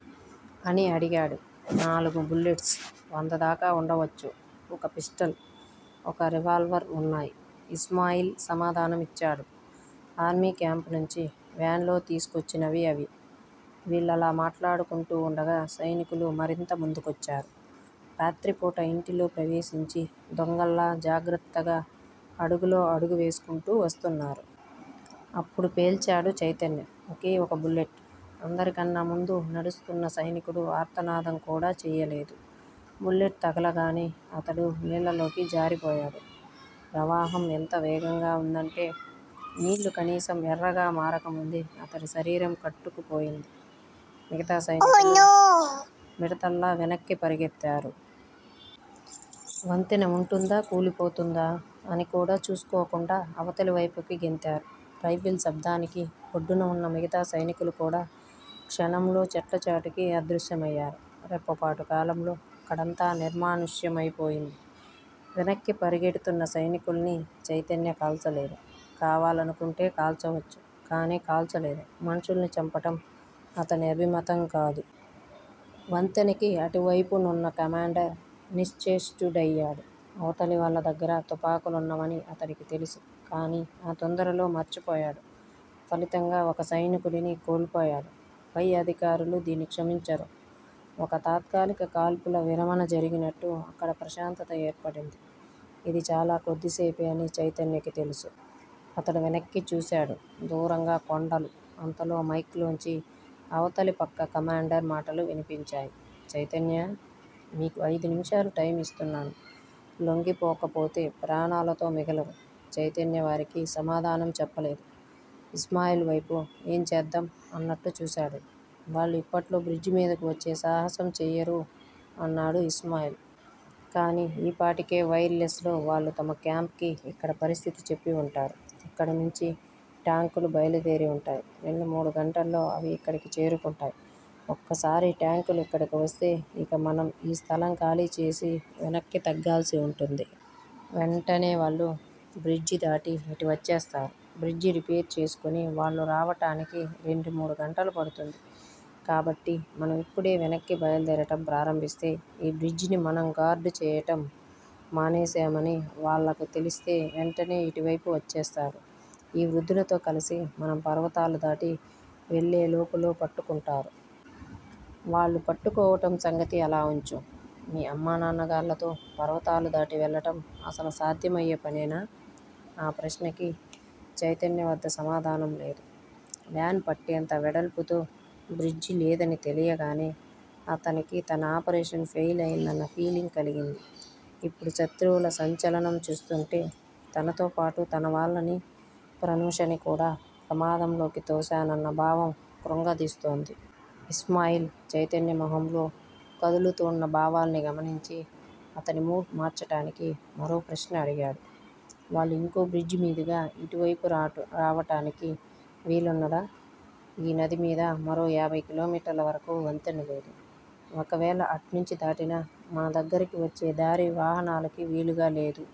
అని అడిగాడు. నాలుగు. బుల్లెట్స్ వందదాకా వుండవచ్చు. ఒక పిస్టల్, ఒక రివాల్వర్ వున్నాయి ఇస్మాయిల్ సమాధానం ఇచ్చాడు. ఆర్మీ క్యాంప్ నుంచి వ్యాన్ లో తీసుకొచ్చినవి అవి. వీళ్ళలా మాట్లాడుకుంటూ వుండగా సైనికులు మరింత ముందుకొచ్చారు. రాత్రిపూట ఇంటిలో ప్రవేసించి దొంగల్లా జాగ్రత్తగా అడుగులో అడుగు వేసుకుంటూ వస్తున్నారు. అప్పుడు పేల్చాడు చైతన్య. ఒకే ఒక బుల్లెట్. అందరికన్నా ముందు నడుస్తూన్న సైనికుడు ఆర్తనాదం కూడా చెయ్యలేదు. బుల్లెట్ తగలగానే అతడు నీళ్ళలోకి జారిపోయాడు. ప్రవాహం ఎంత వేగంగా వుందంటే, నీళ్ళు కనీసం ఎర్రగా మారకముందే అతడి శరీరం కొట్టుకుపోయింది. మిగతా సైనికులు మిడతల్లా వెనక్కి పరుగెత్తారు. వంతెన వుంటుందా, కూలిపోతుందా అనికూడా చూసుకోకుండా అవతలివైపుకి గెంతారు. రైఫిల్ శబ్దానికి ఒడ్డున వున్న మిగతా సైనికులుకూడా క్షణంలో చెట్లచాటుకి అదృశ్యమయ్యారు. రెప్పపాటు కాలంలో అక్కడంతా నిర్మానుష్యమై పోయింది. వెనక్కి పరిగెడుతున్న సైనికుల్ని చైతన్య కాల్చలేదు. కావాలనుకుంటే కాల్చవచ్చు కానీ కాల్చలేదు. మనుషుల్ని చంపటం అతని అభిమతం కాదు. వంతెనకి అటువైపునున్న కమాండర్ నిశ్చేష్టుడయ్యాడు. అవతలివాళ్ళ దగ్గర తుపాకులున్నవని అతడికి తెలుసు. కానీ ఆ తొందరలో మర్చిపోయాడు ఫలితంగా ఒక సైనికుడిని కోల్పోయాడు. పై అధికారులు దీన్ని క్షమించరు. ఒక్క తాత్కాలిక కాల్పుల విరమణ జరిగినట్టు అక్కడ ప్రశాంతత ఏర్పడింది. ఇది చాలా కొద్దిసేపే అని చైతన్యకి తెలుసు. అతడు వెనక్కి చూశాడు. దూరంగా కొండలు అంతలో మైక్ లోంచి అవతలిపక్క కమాండర్ మాటలు వినిపించాయి. చైతన్యా! మీకు అయిదు నిముషాలు టైము ఇస్తున్నాను. లొంగిపోకపోతే ప్రాణాలతో మిగలరు. చైతన్య వారికి సమాధానం చెప్పలేదు. ఇస్మాయిల్ వైపు 'ఏం చేద్దాం' అన్నట్టు చూశాడు. వాళ్ళు ఇప్పట్లో బ్రిడ్జి మీదకు వచ్చే సాహసం చెయ్యరు అన్నాడు ఇస్మాయిల్. కానీ ఈపాటికే వైర్ లెస్ లో వాళ్ళు తమ క్యాంప్ కి ఇక్కడి పరిస్థితి చెప్పి వుంటారు. అక్కడనుంచి టాంకులు బయలుదేరి వుంటాయి. రెండు మూడు గంటల్లో అవి ఇక్కడకు చేరుకుంటాయి. ఒక్కసారి టాంకులు ఇక్కడకు వస్తే ఇక మనం ఈ స్థలం ఖాళీచేసి వెనక్కి తగ్గాల్సి వుంటుంది. వెంటనే వాళ్ళు బ్రిడ్జిదాటి ఇటు వచ్చేస్తారు. బ్రిడ్జి రిపేరు చేసుకుని వాళ్ళు రావటానికి రెండు మూడు గంటలు పడుతుంది కాబట్టి మనం ఇప్పుడే వెనక్కి బయలుదేరటం ప్రారంభిస్తే. ఈ బ్రిడ్జిని మనం గార్డుచేయటం మానేసేమని వాళ్ళకు తెలిస్తే వెంటనే ఇటువైపు వచ్చేస్తారు. ఈ వృద్ధులతో కలిసి మనం పర్వతాలు దాటి వెళ్ళేలోపులో పట్టుకుంటారు. వాళ్ళు పట్టుకోవటం సంగతి అలా వుంచు. మీ అమ్మానాన్నగార్లతో పర్వతాలు దాటివెళ్ళటం అసలు సాధ్యమయ్యే పనేనా? ఆ ప్రశ్నకి చైతన్య వద్ద సమాధానం లేదు. వ్యాన్ పట్టేంత వెడల్పుతో బ్రిడ్జి లేదని తెలియగానే అతనికి తన ఆపరేషన్ ఫెయిల్ అయిందన్న ఫీలింగ్ కలిగింది. ఇప్పుడు శత్రువుల సంచలనం చూస్తూంటే, తనతోపాటు తన వాళ్ళనీ, ప్రనూషనీ కూడా ప్రమాదంలోకి తోశానన్న భావం కృంగదీస్తోంది. ఇస్మాయిల్ చైతన్య మొహంలో కదులుతూన్న భావాల్ని గమనించి, అతని మూడ్ మార్చటానికి మరో ప్రశ్న అడిగాడు. వాళ్ళు ఇంకో బ్రిడ్జి మీదుగా ఇటువైపు రావటానికి వీలున్నదా? ఈ నదిమీద మరో యాభై కిలోమీటర్ల వరకూ వంతెనలేదు. ఒకవేళ అట్నుంచి దాటినా, మన దగ్గరికి వచ్చే దారి వాహనాలకి వీలుగా లేదు.